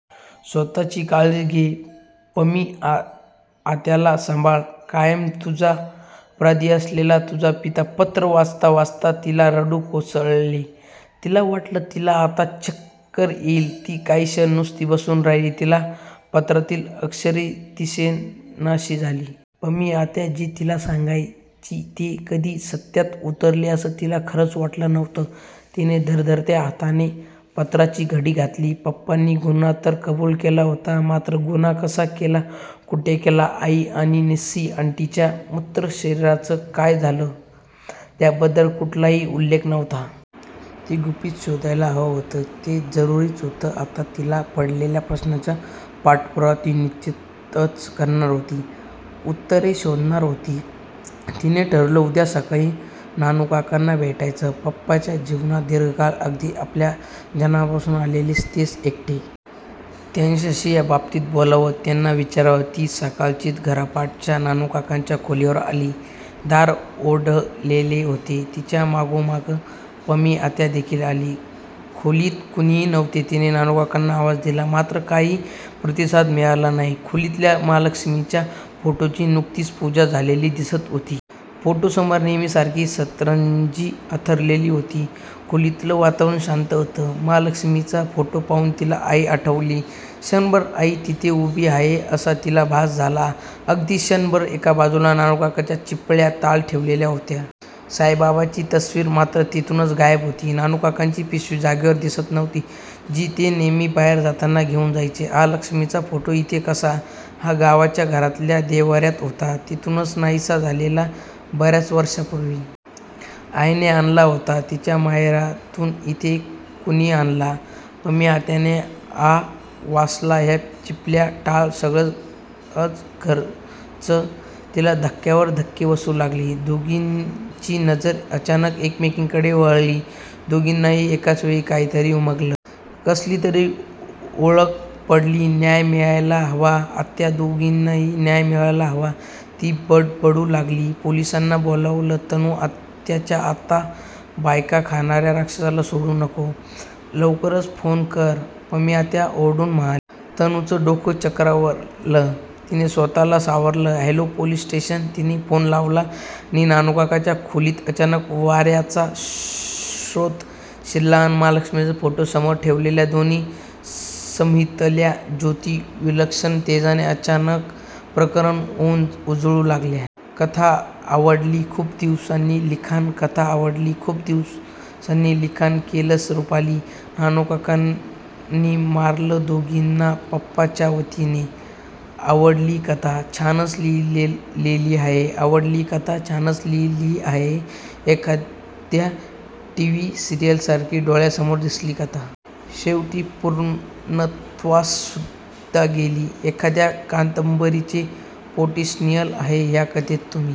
स्वतःची काळजी घे.. पमी आत्याला सांभाळ..!! कायम तुझा अपराधी असलेला तुझा पिता पत्र वाचता वाचता तिला रडू कोसळले. तिला वाटलं, तिला आता चक्कर येईल. ती काही क्षण नुसती बसून राहिली. तिला पत्रातली अक्षरे दिसेनाशी झाली. पमी आत्या जे तिला सांगायची ते कधी सत्यात उतरेल असं तिला खरंच वाटलं नव्हतं. तिने थरथरत्या हाताने पत्राची घडी घातली. पप्पांनी गुन्हा तर कबूल केला होता मात्र गुन्हा कसा केला, कुठे केला.. आई आणि निस्सी आंटीच्या मृत शरीराचं काय झालं त्याबदद्ल कुठलाही उल्लेख नव्हता. ते गुपित शोधायला हवं होतं. ते जरुरीचं होतं. आता तिला पडलेल्या प्रश्नांचा पाठपुरावा ती निश्चितच करणार होती. उत्तरे शोधणार होती. तिने ठरवलं, उद्या सकाळी नानूकाकांना भेटायचं. पप्पांच्या जीवनात दीर्घकाळ अगदी आपल्या जन्मापासून आलेले तेच एकटे.. त्यांच्याशी याबाबतीत बोलावं.. त्यांना विचारावं..! ती सकाळीच घरापाठच्या नानूकाकांच्या खोलीवर आली. दार ओढलेले होते. तिच्या मागोमाग पमी आत्या देखील आली. खोलीत कुणीही नव्हते. तिने नानूकाकांना आवाज दिला मात्र काहीही प्रतिसाद मिळाला नाही. खोलीतल्या महालक्ष्मीच्या फोटोची नुकतीच पूजा झालेली दिसत होती. फोटोसमोर नेहमीसारखी सतरंजी अंथरलेली होती. खोलीतलं वातावरण शांत होतं. महालक्ष्मीचा फोटो पाहून तिला आई आठवली. क्षणभर आई तिथे उभी आहे असा तिला भास झाला. अगदी क्षणभर..! एक बाजूला नानूकाकांच्या चिपळ्या, टाळ ठेवलेल्या होत्या. साईबाबांची तस्वीर मात्र तिथून गायब होती. नानूकाकांची पिशवी जागेवर दिसत नव्हती जी ते नेहमी बाहेर जाताना घेऊन जायचे. " हा महालक्ष्मीचा फोटो इथे कसा..? हा गावच्या घरातल्या देव्हाऱ्यात होता. तिथून नाहिसा झालेला बऱ्याच वर्षापूर्वी.. आईने आणला होता तिच्या माहेरातून. इथे कुणी आणला..? " पमी आत्याने 'आ' वासला. " ह्या चिपळ्या, टाळ सगळंच घरचं..! " तिला धक्क्यावर धक्के बसू लागले. दोघींची नजर अचानक एकमेकींकडे वळली. दोघींनाही एकाच वेळी काहीतरी उमगलं. कसली तरी ओळख पटली. " न्याय मिळायला हवा आत्या, दोघींनाही न्याय मिळायला हवा..! " ती बडबडू लागली. " पोलिसांना बोलावं तनू... आत्ताच्या आत्ता... बायका खाणाऱ्या राक्षसाला सोडू नको.. लवकर फोन कर..! " पमी आत्या ओरडून म्हणाली. तनूचं डोकं चक्रावलं. तिने स्वतःला सावरलं. " हॅलो, पोलिस स्टेशन..! " तिने फोन लावला आणि नानूकाकांच्या खोलीत अचानक वाऱ्याचा झोत शिरला अन् महालक्ष्मीच्या फोटो समोर ठेवलेल्या दोन्ही समईतल्या ज्योती विलक्षण तेजाने अचानक प्रखर होऊन उजळू लागल्या. कथा आवडली. खूप दिवसांनी लिखाण कथा आवडली. खूप दिवसांनी लिखाण केलंस रुपाली. नानू काकांनी मारलं दोघींना? पपा च्या वतीने? आवडली कथा. छानच लिहिली आहे. आवडली कथा. छानच लिहिली आहे. एखाद्या टीव्ही सिरीयलसारखी डोळ्यासमोर दिसली कथा. शेवटी पूर्णत्वास सुद्धा गेली. एखाद्या कादंबरीचे पोटेन्शियल आहे या कथेत. तुम्ही